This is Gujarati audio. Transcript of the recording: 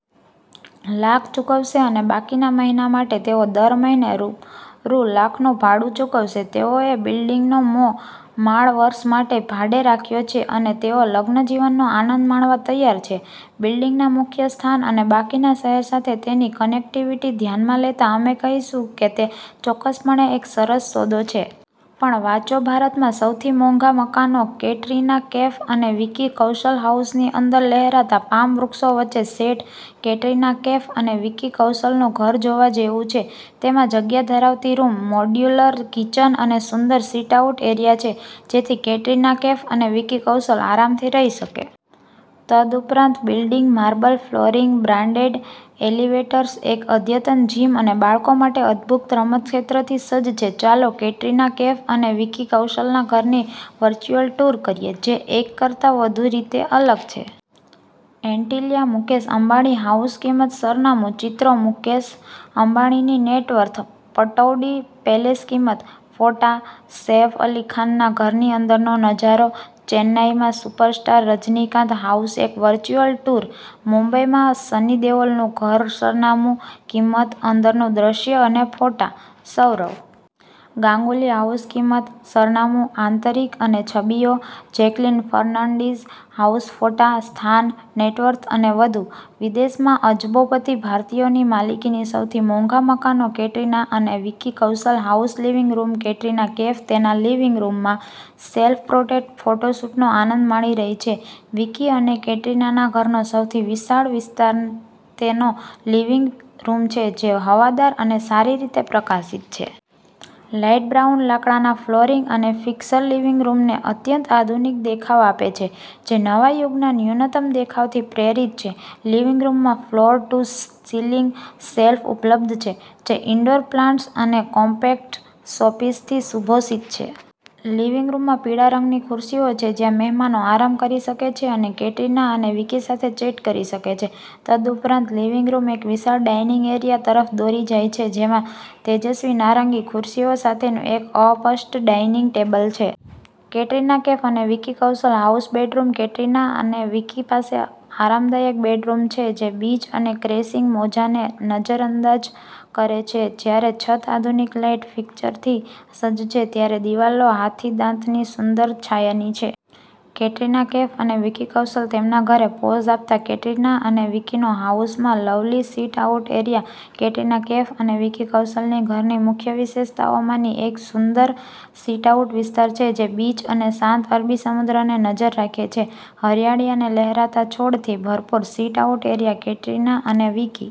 લાખ ચૂકવશે અને બાકીના મહિના માટે તેઓ દર મહિને રૂપ રૂ. લાખનું ભાડું ચૂકવશે. તેઓએ બિલ્ડીંગનો મો માળ વર્ષ માટે ભાડે રાખ્યો છે અને તેઓ લગ્નજીવનનો આનંદ માણવા તૈયાર છે. બિલ્ડિંગના મુખ્ય સ્થાન અને બાકીના શહેર સાથે તેની કનેક્ટિવિટી ધ્યાનમાં લેતા, અમે કહીશું કે તે ચોક્કસપણે એક સરસ સોદો છે! પણ વાંચોભારતમાં સૌથી મોંઘા મકાનો કેટરિના કૈફ અને વિકી કૌશલ હાઉસની અંદર લહેરાતા પામ વૃક્ષો વચ્ચે સેટ, કેટરિના કૈફ અને વિકી કૌશલનું ઘર જોવા જેવું છે. તેમાં જગ્યા ધરાવતી રૂમ, મોડ્યુલર કિચન અને સુંદર સિટ-આઉટ એરિયા છે જેથી કેટરિના કૈફ અને વિકી કૌશલ આરામથી રહી શકે. તદુપરાંત, building marble flooring, branded elevators, એક અદ્યતન જિમ અને બાળકો માટે અદ્ભુત રમત ક્ષેત્રથી સજ્જ છે. ચાલો કેટરિના કૈફ અને વિકી કૌશલના ઘરની વર્ચ્યુઅલ ટૂર કરીએ, જે એક કરતાં વધુ રીતે અલગ છે. એન્ટિલિયા, મુકેશ અંબાણી હાઉસકિંમત, સરનામું, ચિત્રોમુકેશ અંબાણીની નેટવર્થ, પટૌડી પેલેસકિંમત, ફોટા, સૈફ અલી ખાનના ઘરની અંદરનો નજારો, ચેન્નાઈમાં સુપરસ્ટાર રજનીકાંત હાઉસએક વર્ચ્યુઅલ ટૂર, મુંબઈમાં સની દેઓલનું ઘરસરનામું, કિંમત, અંદરનું દૃશ્ય અને ફોટા, સૌરવ ગાંગુલી હાઉસકિંમત, સરનામું, આંતરિક અને છબીઓ, જેકલીન ફર્નાન્ડીઝ હાઉસફોટા, સ્થાન, નેટ વર્થ અને વધુ, વિદેશમાં અજબોપતિ ભારતીયોની માલિકીના સૌથી મોંઘા મકાનો, કેટરિના અને Vicky Kaushal house living room Katrina Kaif તેના લિવિંગ રૂમમાં સેલ્ફ-પ્રોટેટ ફોટોશૂટનો આનંદ માણી રહી છે વિકી અને કેટરિનાના ઘરનો સૌથી વિશાળ વિસ્તારતેનો લિવિંગ રૂમ છે, જે હવાદાર અને સારી રીતે પ્રકાશિત છે. લાઈટ બ્રાઉન લાકડાના ફ્લોરિંગ અને ફિક્સર લિવિંગ રૂમને અત્યંત આધુનિક દેખાવ આપે છે, જે નવા યુગના ન્યૂનતમ દેખાવથી પ્રેરિત છે. લિવિંગ રૂમમાં ફ્લોર-ટુ-સીલિંગ શેલ્ફ ઉપલબ્ધ છે, જે ઇન્ડોર પ્લાન્ટ્સ અને કોમ્પેક્ટ શોપીસથી સુશોભિત છે. લિવિંગ રૂમમાં પીળા રંગની ખુરશીઓ છે જ્યાં મહેમાનો આરામ કરી શકે છે અને કેટરિના અને વિકી સાથે ચેટ કરી શકે છે. તદુપરાંત, લિવિંગ રૂમ એક વિશાળ ડાઇનિંગ એરિયા તરફ દોરી જાય છે જેમાં તેજસ્વી નારંગી ખુરશીઓ સાથેનું એક અપષ્ટ ડાઇનિંગ ટેબલ છે. કેટરીના કૈફ અને Vicky Kaushal house bedroom Katrina અને વિકી પાસે આરામદાયક બેડરૂમ છે જે બીચ અને ક્રેશિંગ મોજાને નજરઅંદાજ કરે છે. જ્યારે છત આધુનિક લાઇટ ફિકચરથી સજ્જ છે, ત્યારે દિવાલો હાથીદાંતની સુંદર છાયાની છે. કેટરિના કૈફ અને વિકી કૌશલ તેમના ઘરે પોઝ આપતાં કેટરિના અને વિકીનો હાઉસમાં lovely sit out area Katrina Kaif અને વિકી કૌશલને ઘરની મુખ્ય વિશેષતાઓમાંની એકસુંદર સિટ-આઉટ વિસ્તાર છે જે બીચ અને શાંત અરબી સમુદ્રને નજર રાખે છે. હરિયાળી અને લહેરાતા છોડથી ભરપૂર, સિટ-આઉટ એરિયા કેટરીના અને વિકી